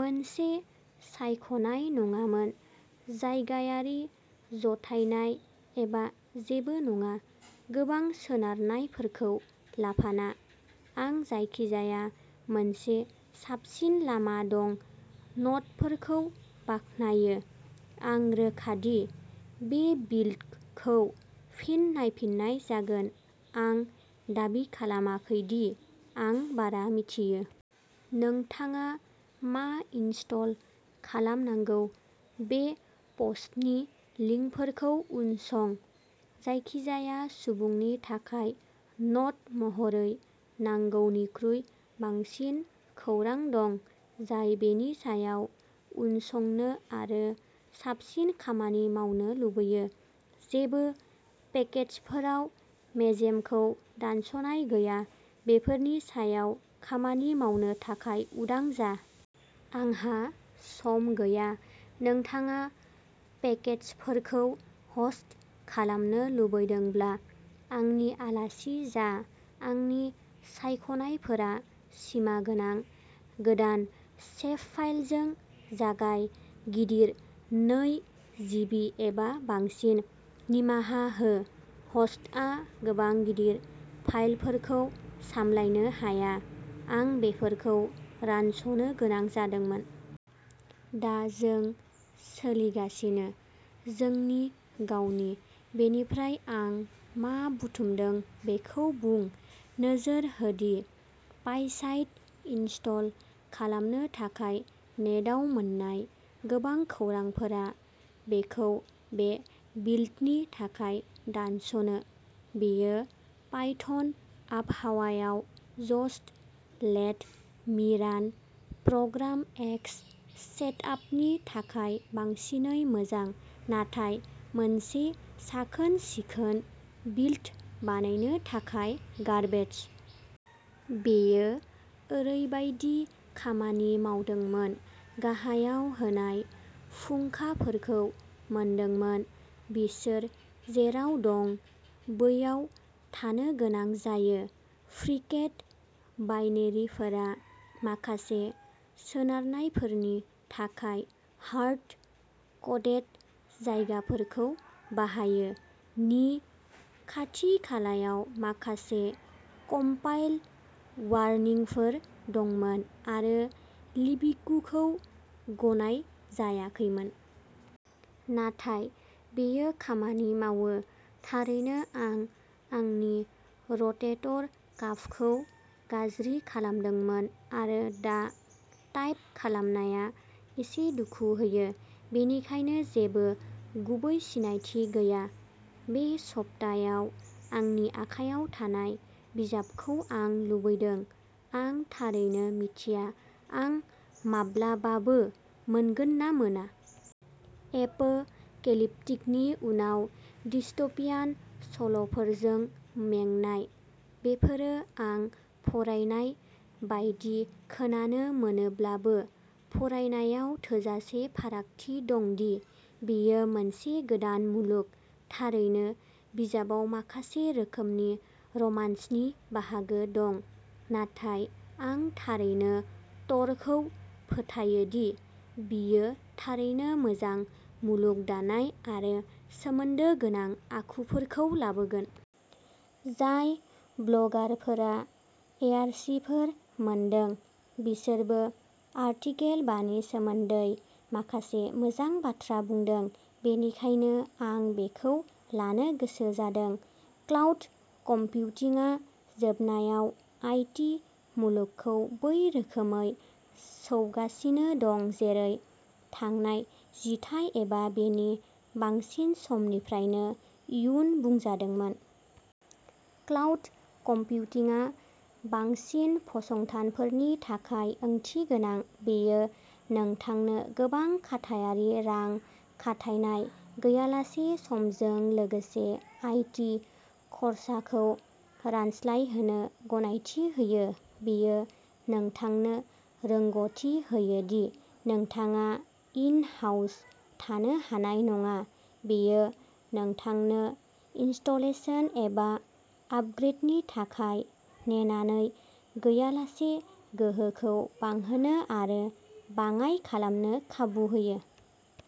मोनसे सायख'नाय नङामोन। जायगायारि जथायनाय एबा जेबो नङा। गोबां सोनारनायफोरखौ लाफाना। आं जायखिजाया मोनसे साबसिन लामा दं न'टफोरखौ बाख्नायो। आं रोखा दि बे बिल्डखौ फिन नायफिननाय जागोन। आं दाबि खालामाखै दि आं बारा मिथियो। नोंथाङा मा इनस्टल खालामनांगौ बे पस्टनि लिंकफोरखौ उनसं। जायखिजाया सुबुंनि थाखाय न'ट महरै नांगौनिख्रुइ बांसिन खौरां दं, जाय बेनि सायाव उनसंनो आरो साबसिन खामानि मावनो लुबैयो। जेबो पेकेजफोराव मेजेमखौ दानस'नाय गैया। बेफोरनि सायाव खामानि मावनो थाखाय उदां जा। आंहा सम गैया। नोंथाङा पेकेजफोरखौ ह'स्ट खालामनो लुबैदोंब्ला आंनि आलासि जा आंनि सायख'नायफोरा सिमागोनां। गोदान सेभफाइलजों जागाय गिदिर नै जिबि एबा बांसिन। निमाहा हो ह'स्टआ गोबां गिदिर फाइलफोरखौ सामलायनो हाया। आं बेफोरखौ रानस'नो गोनां जादोंमोन। दा जों सोलिगासिनो। जोंनि गावनि। बेनिफ्राय आं मा बुथुमदों बेखौ बुं। नोजोर हो दि पाइसाइड इनस्टल खालामनो थाखाय नेटआव मोन्नाय गोबां खौरांफोरा बेखौ बे बिल्डनि थाखाय दानस'नो। बेयो पाइथन आबहावायाव जस्ट लेट मि रान प्रग्राम एक्स सेटआपनि थाखाय बांसिनै मोजां, नाथाय मोनसे साखोन-सिखोन बिल्ड बानायनो थाखाय गार्बेज। बेयो ओरैबायदि खामानि मावदोंमोन गाहायाव होनाय फुंखाफोरखौ मोनदोंमोन बिसोर जेराव दं बैयाव थानो गोनां जायो। फ्रिकेड बाइनेरिफोरा माखासे सोनारनायफोरनि थाखाय हार्ड क'डेड जायगाफोरखौ बाहायो। नि खाथि-खालायाव माखासे कम्पाइल वार्निंफोर दंमोन आरो लिबिकुखौ गनायजायाखैमोन। नाथाय बेयो खामानि मावो। थारैनो आं आंनि र'टेटर काफखौ गाज्रि खालामदोंमोन आरो दा टाइप खालामनाया एसे दुखु होयो, बेनिखायनो जेबो गुबै सिनायथि गैया। बे सप्तायाव आंनि आखायाव थानाय बिजाबखौ आं लुबैदों। आं थारैनो मिथिया आं माब्लाबाबो मोनगोन ना मोना। एपोकेलिप्टिकनि उनाव डिस्ट'पियान सल'फोरजों मेंनाय। बेफोरो आं फरायनाय बायदि खोनानो मोनोब्लाबो, फरायनायाव थोजासे फारागथि दं दि बेयो मोनसे गोदान मुलुग। थारैनो बिजाबाव माखासे रोखोमनि रमान्सनि बाहागो दं, नाथाय आं थारैनो टरखौ फोथायो दि बियो थारैनो मोजां मुलुग दानाय आरो सोमोन्दो गोनां आखुफोरखौ लाबोगोन। जाय ब्लगारफोरा एआरसीफोर मोनदों, बिसोरबो आर्टिकेल बा नि सोमोन्दै माखासे मोजां बाथ्रा बुंदों, बेनिखायनो आं बेखौ लानो गोसो जादों। क्लाउड कम्पिउटिंआ जोबनायाव आई टी मुलुगखौ बै रोखोमै सौगासिनो दं जेरै थांनाय जिथाइ एबा बेनि बांसिन समनिफ्रायनो इयुन बुंजादोंमोन। क्लाउड कम्पिउटिंआ बांसिन फसंथानफोरनि थाखाय ओंथिगोनां। बेयो नोंथांनो गोबां खाथायारि रां खाथायनाय गैयालासे समजों लोगोसे आई टी खरसाखौ रानस्लायहोनो गनायथि होयो। बेयो नोंथांनो रोंग'थि होयो दि नोंथाङा इन-हाउस थानो हानाय नङा। बेयो नोंथांनो इनस्टलेशन एबा आपग्रेडनि थाखाय नेनानै गैयालासे गोहोखौ बांहोनो आरो बाङाय खालामनो खाबु होयो।